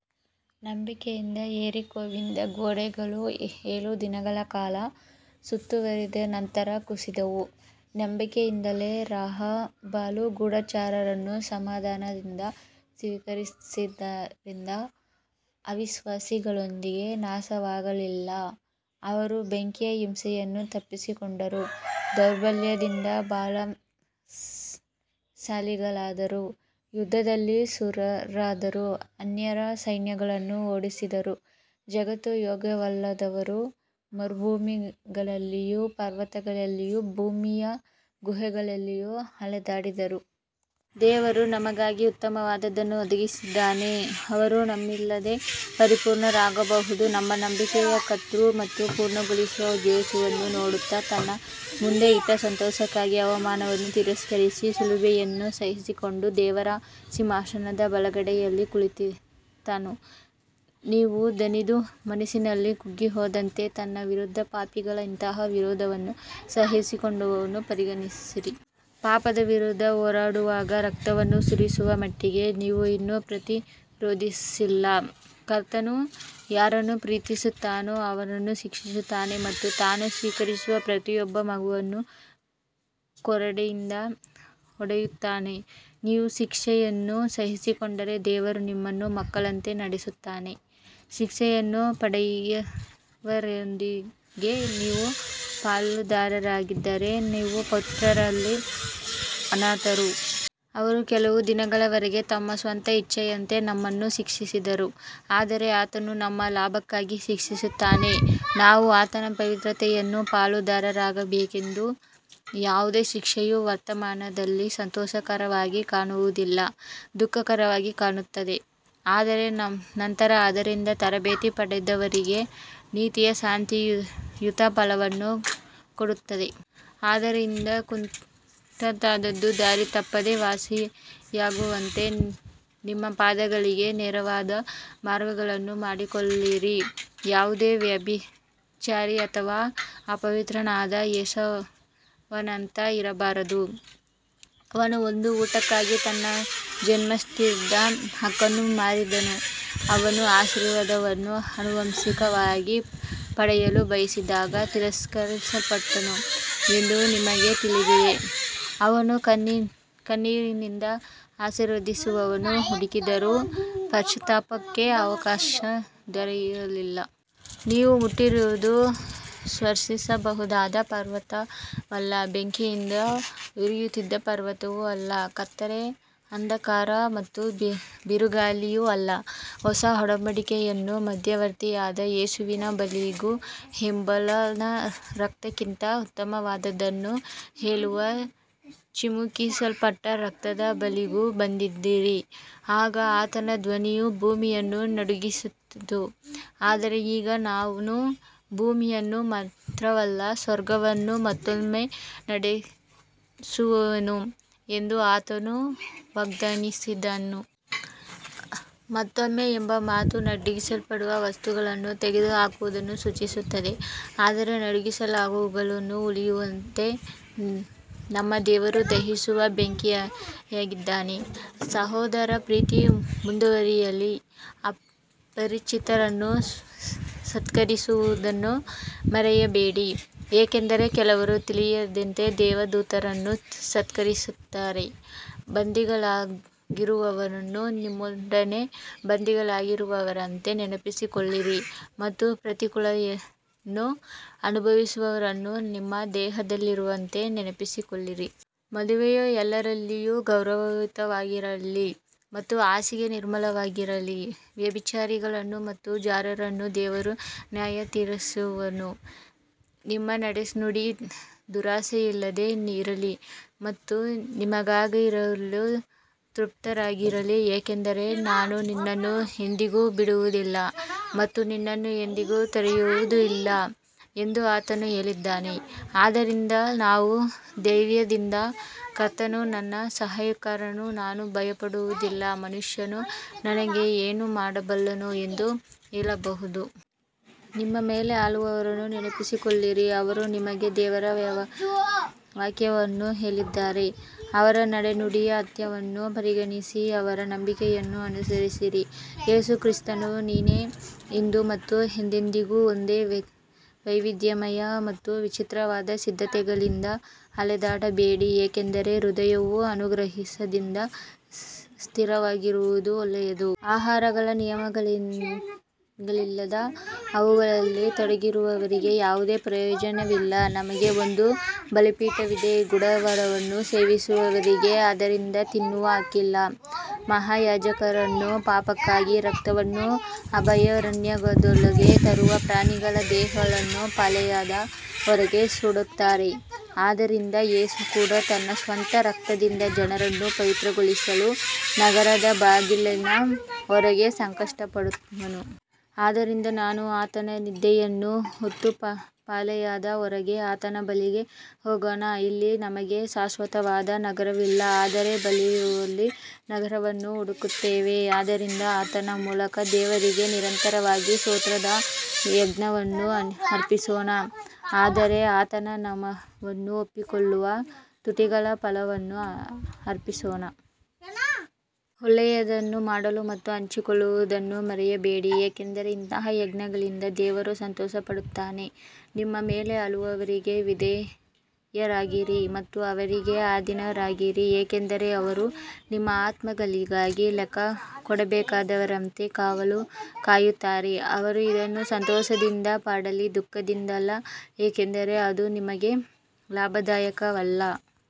ನಂಬಿಕೆಯಿಂದ ಯೆರಿಕೋವಿನ ಗೋಡೆಗಳು ಏಳು ದಿನಗಳ ಕಾಲ ಸುತ್ತುವರಿದ ನಂತರ ಕುಸಿದವು. ನಂಬಿಕೆಯಿಂದಲೇ ರಾಹಾಬಳು ಗೂಢಚಾರರನ್ನು ಸಮಾಧಾನದಿಂದ ಸ್ವೀಕರಿಸಿದ್ದರಿಂದ ಅವಿಶ್ವಾಸಿಗಳೊಂದಿಗೆ ನಾಶವಾಗಲಿಲ್ಲ. ಅವರು ಬೆಂಕಿಯ ಹಿಂಸೆಯನ್ನು ತಪ್ಪಿಸಿಕೊಂಡರು, ದೌರ್ಬಲ್ಯದಿಂದ ಬಲಶಾಲಿಗಳಾದರು, ಯುದ್ಧದಲ್ಲಿ ಶೂರರಾದರು, ಅನ್ಯರ ಸೈನ್ಯಗಳನ್ನು ಓಡಿಸಿದರು. ಜಗತ್ತು ಯೋಗ್ಯವಲ್ಲದವರು ಮರುಭೂಮಿಗಳಲ್ಲಿಯೂ ಪರ್ವತಗಳಲ್ಲಿಯೂ ಭೂಮಿಯ ಗುಹೆಗಳಲ್ಲಿಯೂ ಅಲೆದಾಡಿದರು. ದೇವರು ನಮಗಾಗಿ ಉತ್ತಮವಾದದ್ದನ್ನು ಒದಗಿಸಿದ್ದಾನೆ, ಅವರು ನಮ್ಮಿಲ್ಲದೆ ಪರಿಪೂರ್ಣರಾಗಬಾರದು. ನಮ್ಮ ನಂಬಿಕೆಯ ಕರ್ತೃ ಮತ್ತು ಪೂರ್ಣಗೊಳಿಸುವ ಯೇಸುವನ್ನು ನೋಡುತ್ತಾ, ತನ್ನ ಮುಂದೆ ಇಟ್ಟ ಸಂತೋಷಕ್ಕಾಗಿ ಅವಮಾನವನ್ನು ತಿರಸ್ಕರಿಸಿ ಶಿಲುಬೆಯನ್ನು ಸಹಿಸಿಕೊಂಡು ದೇವರ ಸಿಂಹಾಸನದ ಬಲಗಡೆಯಲ್ಲಿ ಕುಳಿತನು. ನೀವು ದಣಿದು ಮನಸ್ಸಿನಲ್ಲಿ ಕುಗ್ಗಿಹೋಗದಂತೆ ತನ್ನ ವಿರುದ್ಧ ಪಾಪಿಗಳ ಇಂತಹ ವಿರೋಧವನ್ನು ಸಹಿಸಿಕೊಂಡವನನ್ನು ಪರಿಗಣಿಸಿರಿ. ಪಾಪದ ವಿರುದ್ಧ ಹೋರಾಡುವಾಗ ರಕ್ತವನ್ನು ಸುರಿಸುವ ಮಟ್ಟಿಗೆ ನೀವು ಇನ್ನೂ ಪ್ರತಿರೋಧಿಸಿಲ್ಲ. ಕರ್ತನು ಯಾರನ್ನು ಪ್ರೀತಿಸುತ್ತಾನೋ ಅವರನ್ನು ಶಿಕ್ಷಿಸುತ್ತಾನೆ ಮತ್ತು ತಾನು ಸ್ವೀಕರಿಸುವ ಪ್ರತಿಯೊಬ್ಬ ಮಗನನ್ನು ಕೊರಡೆಯಿಂದ ಹೊಡೆಯುತ್ತಾನೆ. ನೀವು ಶಿಕ್ಷೆಯನ್ನು ಸಹಿಸಿಕೊಂಡರೆ ದೇವರು ನಿಮ್ಮನ್ನು ಮಕ್ಕಳಂತೆ ನಡೆಸುತ್ತಾನೆ. ಶಿಕ್ಷೆಯನ್ನು ಪಡೆಯದವರೆಲ್ಲರೊಂದಿಗೆ ನೀವು ಪಾಲುಗಾರರಾಗಿದ್ದರೆ ನೀವು ಪುತ್ರರಲ್ಲ, ಅನಾಥರು. ಅವರು ಕೆಲವು ದಿನಗಳವರೆಗೆ ತಮ್ಮ ಸ್ವಂತ ಇಚ್ಛೆಯಂತೆ ನಮ್ಮನ್ನು ಶಿಕ್ಷಿಸಿದರು, ಆದರೆ ಆತನು ನಮ್ಮ ಲಾಭಕ್ಕಾಗಿ ಶಿಕ್ಷಿಸುತ್ತಾನೆ, ನಾವು ಆತನ ಪವಿತ್ರತೆಯಲ್ಲಿ ಪಾಲುಗಾರರಾಗಬೇಕೆಂದು. ಯಾವುದೇ ಶಿಕ್ಷೆಯು ವರ್ತಮಾನದಲ್ಲಿ ಸಂತೋಷಕರವಾಗಿ ಕಾಣುವುದಿಲ್ಲ, ದುಃಖಕರವಾಗಿ ಕಾಣುತ್ತದೆ. ಆದರೆ ನಂತರ ಅದರಿಂದ ತರಬೇತಿ ಪಡೆದವರಿಗೆ ನೀತಿಯ ಶಾಂತಿಯುತ ಫಲವನ್ನು ಕೊಡುತ್ತದೆ. ಆದ್ದರಿಂದ ಕುಂಟಾದದ್ದು ದಾರಿ ತಪ್ಪದೆ ವಾಸಿಯಾಗುವಂತೆ ನಿಮ್ಮ ಪಾದಗಳಿಗೆ ನೇರವಾದ ಮಾರ್ಗಗಳನ್ನು ಮಾಡಿಕೊಳ್ಳಿರಿ. ಯಾವುದೇ ವ್ಯಭಿಚಾರಿ ಅಥವಾ ಅಪವಿತ್ರನಾದ ಏಸಾವನಂತೆ ಇರಬಾರದು, ಅವನು ಒಂದು ಊಟಕ್ಕಾಗಿ ತನ್ನ ಜನ್ಮಸಿದ್ಧ ಹಕ್ಕನ್ನು ಮಾರಿದನು. ಅವನು ಆಶೀರ್ವಾದವನ್ನು ಆನುವಂಶಿಕವಾಗಿ ಪಡೆಯಲು ಬಯಸಿದಾಗ ತಿರಸ್ಕರಿಸಲ್ಪಟ್ಟನು ಎಂದು ನಿಮಗೆ ತಿಳಿದಿದೆ. ಅವನು ಕಣ್ಣೀರಿನಿಂದ ಆಶೀರ್ವಾದವನ್ನು ಹುಡುಕಿದರೂ ಪಶ್ಚಾತ್ತಾಪಕ್ಕೆ ಅವಕಾಶ ದೊರೆಯಲಿಲ್ಲ. ನೀವು ಮುಟ್ಟಿರುವುದು ಸ್ಪರ್ಶಿಸಬಹುದಾದ ಪರ್ವತವಲ್ಲ, ಬೆಂಕಿಯಿಂದ ಉರಿಯುತ್ತಿದ್ದ ಪರ್ವತವೂ ಅಲ್ಲ, ಕತ್ತಲೆ, ಅಂಧಕಾರ ಮತ್ತು ಬಿರುಗಾಳಿಯೂ ಅಲ್ಲ. ಹೊಸ ಒಡಂಬಡಿಕೆಯ ಮಧ್ಯವರ್ತಿಯಾದ ಯೇಸುವಿನ ಬಳಿಗೂ, ಹೇಬೆಲನ ರಕ್ತಕ್ಕಿಂತ ಉತ್ತಮವಾದದ್ದನ್ನು ಹೇಳುವ ಚಿಮುಕಿಸಲ್ಪಟ್ಟ ರಕ್ತದ ಬಳಿಗೂ ಬಂದಿದ್ದೀರಿ. ಆಗ ಆತನ ಧ್ವನಿಯು ಭೂಮಿಯನ್ನು ನಡುಗಿಸಿತು, ಆದರೆ ಈಗ ನಾನು ಭೂಮಿಯನ್ನು ಮಾತ್ರವಲ್ಲ, ಸ್ವರ್ಗವನ್ನೂ ಮತ್ತೊಮ್ಮೆ ನಡುಗಿಸುವೆನು ಎಂದು ಆತನು ವಾಗ್ದಾನಿಸಿದ್ದಾನೆ. ಮತ್ತೊಮ್ಮೆ ಎಂಬ ಮಾತು ನಡುಗಿಸಲ್ಪಡುವ ವಸ್ತುಗಳನ್ನು ತೆಗೆದುಹಾಕುವುದನ್ನು ಸೂಚಿಸುತ್ತದೆ, ಅಂದರೆ ನಡುಗಿಸಲಾಗದವುಗಳು ಉಳಿಯುವಂತೆ. ನಮ್ಮ ದೇವರು ದಹಿಸುವ ಬೆಂಕಿಯಾಗಿದ್ದಾನೆ. ಸಹೋದರ ಪ್ರೀತಿ ಮುಂದುವರಿಯಲಿ. ಅಪರಿಚಿತರನ್ನು ಸತ್ಕರಿಸುವುದನ್ನು ಮರೆಯಬೇಡಿ, ಏಕೆಂದರೆ ಕೆಲವರು ತಿಳಿಯದೆ ದೇವದೂತರನ್ನು ಸತ್ಕರಿಸಿದ್ದಾರೆ. ಬಂಧಿಗಳಾಗಿರುವವರನ್ನು ನಿಮ್ಮೊಡನೆ ಬಂಧಿಗಳಾಗಿರುವವರಂತೆ ನೆನಪಿಸಿಕೊಳ್ಳಿರಿ ಮತ್ತು ಪ್ರತಿಕೂಲತೆಯನ್ನು ಅನುಭವಿಸುವವರನ್ನು ನಿಮ್ಮ ದೇಹದಲ್ಲಿರುವವರಂತೆ ನೆನಪಿಸಿಕೊಳ್ಳಿರಿ. ಮದುವೆಯು ಎಲ್ಲರಲ್ಲಿಯೂ ಗೌರವಯುತವಾಗಿರಲಿ ಮತ್ತು ಹಾಸಿಗೆ ನಿರ್ಮಲವಾಗಿರಲಿ. ವ್ಯಭಿಚಾರಿಗಳನ್ನು ಮತ್ತು ಜಾರರನ್ನು ದೇವರು ನ್ಯಾಯತೀರಿಸುವನು. ನಿಮ್ಮ ನಡೆನುಡಿ ದುರಾಶೆಯಿಲ್ಲದೆ ಇರಲಿ ಮತ್ತು ನಿಮಗಿರುವುದರಲ್ಲಿ ತೃಪ್ತರಾಗಿರಿ, ಏಕೆಂದರೆ ನಾನು ನಿನ್ನನ್ನು ಎಂದಿಗೂ ಬಿಡುವುದಿಲ್ಲ ಮತ್ತು ನಿನ್ನನ್ನು ಎಂದಿಗೂ ತೊರೆಯುವುದಿಲ್ಲ ಎಂದು ಆತನು ಹೇಳಿದ್ದಾನೆ. ಆದ್ದರಿಂದ ನಾವು ಧೈರ್ಯದಿಂದ ಕರ್ತನು ನನ್ನ ಸಹಾಯಕನು, ನಾನು ಭಯಪಡುವುದಿಲ್ಲ, ಮನುಷ್ಯನು ನನಗೆ ಏನು ಮಾಡಬಲ್ಲನು ಎಂದು ಹೇಳಬಹುದು. ನಿಮ್ಮ ಮೇಲೆ ಆಳುವವರನ್ನು ನೆನಪಿಸಿಕೊಳ್ಳಿರಿ, ಅವರು ನಿಮಗೆ ದೇವರ ವಾಕ್ಯವನ್ನು ಹೇಳಿದ್ದಾರೆ. ಅವರ ನಡೆನುಡಿಯ ಅಂತ್ಯವನ್ನು ಪರಿಗಣಿಸಿ ಅವರ ನಂಬಿಕೆಯನ್ನು ಅನುಸರಿಸಿರಿ. ಯೇಸು ಕ್ರಿಸ್ತನು ನಿನ್ನೆ, ಇಂದು ಮತ್ತು ಎಂದೆಂದಿಗೂ ಒಂದೇ. ವೈವಿಧ್ಯಮಯ ಮತ್ತು ವಿಚಿತ್ರವಾದ ಸಿದ್ಧಾಂತಗಳಿಂದ ಅಲೆದಾಡಬೇಡಿ, ಏಕೆಂದರೆ ಹೃದಯವು ಅನುಗ್ರಹದಿಂದ ಸ್ಥಿರವಾಗಿರುವುದು ಒಳ್ಳೆಯದು. ಆಹಾರಗಳ ನಿಯಮಗಳಿಂದಲ್ಲ, ಅವುಗಳಲ್ಲಿ ತೊಡಗಿರುವವರಿಗೆ ಯಾವುದೇ ಪ್ರಯೋಜನವಿಲ್ಲ. ನಮಗೆ ಒಂದು ಬಲಿಪೀಠವಿದೆ, ಗುಡಾರವನ್ನು ಸೇವಿಸುವವರಿಗೆ ಅದರಿಂದ ತಿನ್ನುವ ಹಕ್ಕಿಲ್ಲ. ಮಹಾಯಾಜಕನು ಪಾಪಕ್ಕಾಗಿ ರಕ್ತವನ್ನು ಅಭಯಾರಣ್ಯದೊಳಗೆ ತರುವ ಪ್ರಾಣಿಗಳ ದೇಹಗಳನ್ನು ಪಾಳೆಯದ ಹೊರಗೆ ಸುಡುತ್ತಾರೆ. ಆದ್ದರಿಂದ ಯೇಸು ಕೂಡ ತನ್ನ ಸ್ವಂತ ರಕ್ತದಿಂದ ಜನರನ್ನು ಪವಿತ್ರಗೊಳಿಸಲು ನಗರದ ಬಾಗಿಲಿನ ಹೊರಗೆ ಸಂಕಟಪಟ್ಟನು. ಆದ್ದರಿಂದ ನಾವು ಆತನ ನಿಂದೆಯನ್ನು ಹೊತ್ತು ಪಾಳೆಯದ ಹೊರಗೆ ಆತನ ಬಳಿಗೆ ಹೋಗೋಣ. ಇಲ್ಲಿ ನಮಗೆ ಶಾಶ್ವತವಾದ ನಗರವಿಲ್ಲ, ಆದರೆ ಬರಲಿರುವ ನಗರವನ್ನು ಹುಡುಕುತ್ತೇವೆ. ಆದ್ದರಿಂದ ಆತನ ಮೂಲಕ ದೇವರಿಗೆ ನಿರಂತರವಾಗಿ ಸ್ತೋತ್ರದ ಯಜ್ಞವನ್ನು ಅರ್ಪಿಸೋಣ, ಅಂದರೆ ಆತನ ನಾಮವನ್ನು ಒಪ್ಪಿಕೊಳ್ಳುವ ತುಟಿಗಳ ಫಲವನ್ನು ಅರ್ಪಿಸೋಣ. ಒಳ್ಳೆಯದನ್ನು ಮಾಡಲು ಮತ್ತು ಹಂಚಿಕೊಳ್ಳುವುದನ್ನು ಮರೆಯಬೇಡಿ, ಏಕೆಂದರೆ ಇಂಥ ಯಜ್ಞಗಳಿಂದ ದೇವರು ಸಂತೋಷಪಡುತ್ತಾನೆ. ನಿಮ್ಮ ಮೇಲೆ ಆಳುವವರಿಗೆ ವಿಧೇಯರಾಗಿರಿ ಮತ್ತು ಅವರಿಗೆ ಅಧೀನರಾಗಿರಿ, ಏಕೆಂದರೆ ಅವರು ನಿಮ್ಮ ಆತ್ಮಗಳಿಗಾಗಿ ಲೆಕ್ಕ ಕೊಡಬೇಕಾದವರಂತೆ ಕಾವಲು ಕಾಯುತ್ತಾರೆ. ಅವರು ಇದನ್ನು ಸಂತೋಷದಿಂದ ಮಾಡಲಿ, ದುಃಖದಿಂದಲ್ಲ, ಏಕೆಂದರೆ ಅದು ನಿಮಗೆ ಲಾಭದಾಯಕವಲ್ಲ.